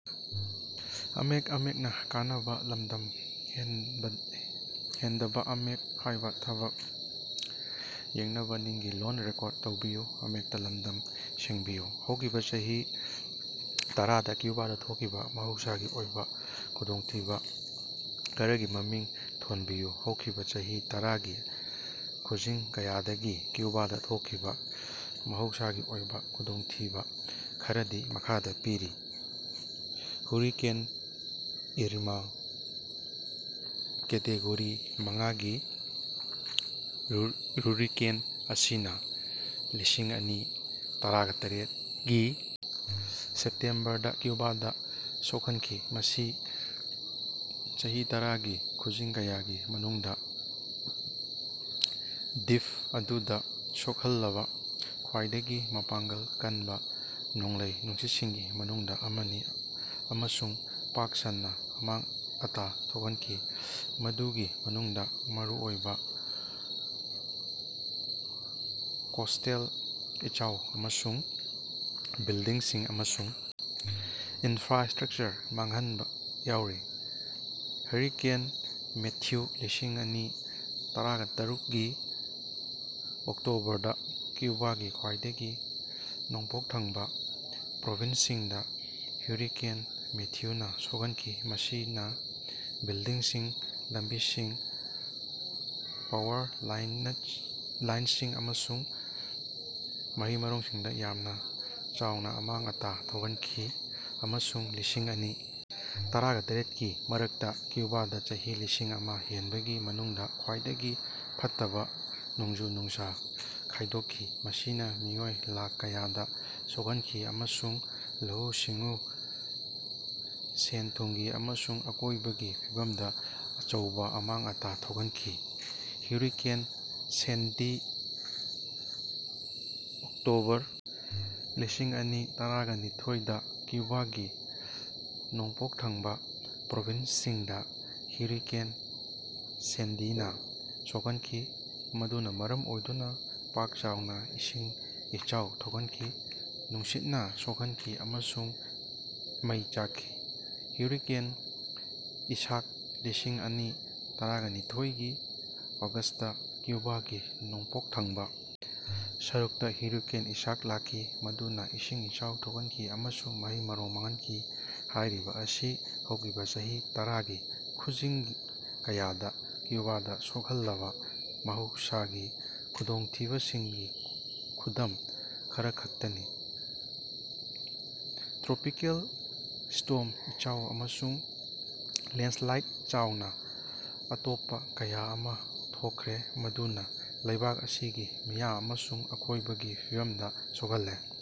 ꯍꯧꯈꯤꯕꯥ ꯆꯍꯤ ꯇꯔꯥꯗꯥ ꯀ꯭ꯌꯨꯕꯥꯗꯥ ꯊꯣꯛꯈꯤꯕꯥ ꯃꯍꯧꯁꯥꯒꯤ ꯑꯣꯏꯕ ꯈꯨꯗꯣꯡꯊꯤꯕꯥ ꯈꯔꯒꯤ ꯃꯃꯤꯡ ꯊꯣꯟꯕꯤꯌꯨ꯫ ꯍꯧꯈꯤꯕꯥ ꯆꯍꯤ ꯇꯔꯥꯒꯤ ꯈꯨꯖꯤꯡ ꯀꯌꯥꯗꯒꯤ ꯀ꯭ꯌꯨꯕꯥꯗꯥ ꯊꯣꯛꯈꯤꯕꯥ ꯃꯍꯧꯁꯥꯒꯤ ꯑꯣꯏꯕ ꯈꯨꯗꯣꯡꯊꯤꯕꯥ ꯈꯔꯗꯤ ꯃꯈꯥꯗꯥ ꯄꯤꯔꯤ꯫ ꯍꯨꯔꯤꯀꯦꯟ ꯏꯔꯃꯥ ꯀꯦꯇꯦꯒꯣꯔꯤ ꯃꯉꯥꯒꯤ ꯍꯨꯔꯤꯀꯦꯟ ꯑꯁꯤꯅꯥ ꯂꯤꯁꯤꯡ ꯑꯅꯤ ꯇꯔꯥꯇꯔꯦꯠꯒꯤ ꯁꯦꯞꯇꯦꯝꯕꯔꯗꯥ ꯀ꯭ꯌꯨꯕꯥꯗꯥ ꯁꯣꯛꯍꯟꯈꯤ, ꯃꯁꯤ ꯆꯍꯤ ꯇꯔꯥꯒꯤ ꯈꯨꯖꯤꯡ ꯀꯌꯥꯒꯤ ꯃꯅꯨꯡꯗꯥ ꯗꯤꯞ ꯑꯗꯨꯗꯥ ꯁꯣꯛꯍꯜꯂꯕꯥ ꯈ꯭ꯋꯥꯏꯗꯒꯤ ꯃꯄꯥꯡꯒꯜ ꯀꯟꯕꯥ ꯅꯣꯡꯂꯩ ꯅꯨꯡꯁꯤꯠꯁꯤꯡꯒꯤ ꯃꯅꯨꯡꯗꯥ ꯑꯃꯅꯤ꯫ ꯑꯃꯁꯨꯡ ꯄꯥꯛ ꯁꯟꯅꯥ ꯑꯃꯥꯡ ꯑꯇꯥ ꯊꯣꯛꯍꯟꯈꯤ, ꯃꯗꯨꯒꯤ ꯃꯅꯨꯡꯗꯥ ꯃꯔꯨꯑꯣꯏꯕ ꯀꯣꯁ꯭ꯇꯦꯜ ꯏꯆꯥꯎ ꯑꯃꯁꯨꯡ ꯕꯤꯜꯗꯤꯡꯁꯤꯡ ꯑꯃꯁꯨꯡ ꯏꯅꯐ꯭ꯔꯥꯁ꯭ꯠꯔꯀꯆꯔ ꯃꯥꯡꯍꯟꯕꯥ ꯌꯥꯎꯔꯤ꯫ ꯍꯔꯤꯀꯦꯟ ꯃꯦꯊ꯭ꯌꯨ ꯂꯤꯁꯤꯡ ꯑꯅꯤ ꯇꯔꯥꯇꯔꯨꯛꯒꯤ ꯑꯣꯛꯇꯣꯕꯔꯗꯥ ꯀ꯭ꯌꯨꯕꯥꯒꯤ ꯈ꯭ꯋꯥꯏꯗꯒꯤ ꯅꯣꯡꯄꯣꯛ ꯊꯪꯕꯥ ꯄ꯭ꯔꯣꯕꯤꯟꯁꯁꯤꯡꯗꯥ ꯍꯨꯔꯤꯀꯦꯟ ꯃꯦꯊ꯭ꯌꯨꯅꯥ ꯁꯣꯛꯍꯟꯈꯤ, ꯃꯁꯤꯅꯥ ꯕꯤꯜꯗꯤꯡꯁꯤꯡ, ꯂꯝꯕꯤꯁꯤꯡ, ꯄꯥꯋꯔ ꯂꯥꯏꯅꯁꯤꯡ ꯑꯃꯁꯨꯡ ꯃꯍꯩ ꯃꯔꯣꯡꯁꯤꯡꯗꯥ ꯌꯥꯝꯅ ꯆꯥꯎꯅꯥ ꯑꯃꯥꯡ ꯑꯇꯥ ꯊꯣꯛꯍꯟꯈꯤ ꯑꯃꯁꯨꯡ ꯂꯤꯁꯤꯡ ꯑꯅꯤ ꯇꯔꯥꯇꯔꯦꯠꯀꯤ ꯃꯔꯛꯇꯥ ꯀ꯭ꯌꯨꯕꯥꯗꯥ ꯆꯍꯤ ꯂꯤꯁꯤꯡ ꯑꯃꯥ ꯍꯦꯟꯕꯒꯤ ꯃꯅꯨꯡꯗꯥ ꯈ꯭ꯋꯥꯏꯗꯒꯤ ꯐꯠꯇꯕꯥ ꯅꯣꯡꯖꯨ ꯅꯨꯡꯁꯥ ꯈꯥꯏꯗꯣꯛꯈꯤ꯫ ꯃꯁꯤꯅꯥ ꯃꯤꯑꯣꯏ ꯂꯥꯈ ꯀꯌꯥꯗꯥ ꯁꯣꯛꯍꯟꯈꯤ ꯑꯃꯁꯨꯡ ꯂꯧꯎ ꯁꯤꯡꯎ, ꯁꯦꯟ ꯊꯨꯝꯒꯤ ꯑꯃꯁꯨꯡ ꯑꯀꯣꯏꯕꯒꯤ ꯐꯤꯝꯗꯥ ꯑꯆꯧꯕꯥ ꯑꯃꯥꯡ ꯑꯇꯥ ꯊꯣꯛꯍꯟꯈꯤ꯫ ꯍꯨꯔꯤꯀꯦꯟ ꯁꯦꯟꯗꯤ ꯑꯣꯛꯇꯣꯕꯔ ꯂꯤꯁꯤꯡ ꯑꯅꯤ ꯇꯔꯥꯅꯤꯊꯣꯏ ꯗꯥ ꯀ꯭ꯌꯨꯕꯥꯒꯤ ꯅꯣꯡꯄꯣꯛ ꯊꯪꯕꯥ ꯄ꯭ꯔꯣꯚꯤꯟꯁꯁꯤꯡꯗꯥ ꯍꯨꯔꯤꯀꯦꯟ ꯁꯦꯟꯗꯤꯅꯥ ꯁꯣꯛꯍꯟꯈꯤ, ꯃꯗꯨꯅꯥ ꯃꯔꯝ ꯑꯣꯏꯗꯨꯅꯥ ꯄꯥꯛ ꯆꯥꯎꯅꯥ ꯏꯁꯤꯡ ꯏꯆꯥꯎ ꯊꯣꯛꯍꯟꯈꯤ, ꯅꯨꯡꯁꯤꯠꯅꯥ ꯁꯣꯛꯍꯟꯈꯤ ꯑꯃꯁꯨꯡ ꯃꯩ ꯆꯥꯛꯈꯤ꯫ ꯍꯨꯔꯤꯀꯦꯟ ꯏꯁꯥꯛ ꯂꯤꯁꯤꯡ ꯑꯅꯤ ꯇꯔꯥꯅꯤꯊꯣꯏꯒꯤ ꯑꯣꯒꯁ꯭ꯇꯇꯥ ꯀ꯭ꯌꯨꯕꯥꯒꯤ ꯅꯣꯡꯄꯣꯛ ꯊꯪꯕꯥ ꯁꯔꯨꯛꯇꯥ ꯍꯨꯔꯤꯀꯦꯟ ꯏꯁꯥꯛ ꯂꯥꯛꯈꯤ ꯃꯗꯨꯅꯥ ꯏꯁꯤꯡ ꯏꯆꯥꯎ ꯊꯣꯛꯍꯟꯈꯤ ꯑꯃꯁꯨꯡ ꯃꯍꯩ-ꯃꯔꯣꯡ ꯃꯥꯡꯍꯟꯈꯤ꯫ ꯍꯥꯏꯔꯤꯕꯥ ꯑꯁꯤ ꯍꯧꯈꯤꯕꯥ ꯆꯍꯤ ꯇꯔꯥꯒꯤ ꯈꯨꯖꯤꯡ ꯀꯌꯥꯗꯥ ꯀ꯭ꯌꯨꯕꯥꯗꯥ ꯁꯣꯛꯍꯜꯂꯕꯥ ꯃꯍꯧꯁꯥꯒꯤ ꯈꯨꯗꯣꯡꯊꯤꯕꯁꯤꯡꯒꯤ ꯈꯨꯗꯝ ꯈꯔꯈꯛꯇꯅꯤ꯫ ꯇ꯭ꯔꯣꯄꯤꯀꯦꯜ ꯁ꯭ꯇꯣꯔꯝ, ꯏꯆꯥꯎ, ꯑꯃꯁꯨꯡ ꯂꯦꯟꯗꯁ꯭ꯂꯥꯏꯗ ꯌꯥꯎꯅꯥ ꯑꯇꯣꯞꯄꯥ ꯀꯌꯥ ꯑꯃꯁꯨ ꯊꯣꯛꯈ꯭ꯔꯦ, ꯃꯗꯨꯅꯥ ꯂꯩꯕꯥꯛ ꯑꯁꯤꯒꯤ ꯃꯤꯌꯥꯝ ꯑꯃꯁꯨꯡ ꯑꯀꯣꯏꯕꯒꯤ ꯐꯤꯕꯝꯗꯥ ꯁꯣꯛꯍꯜꯂꯦ꯫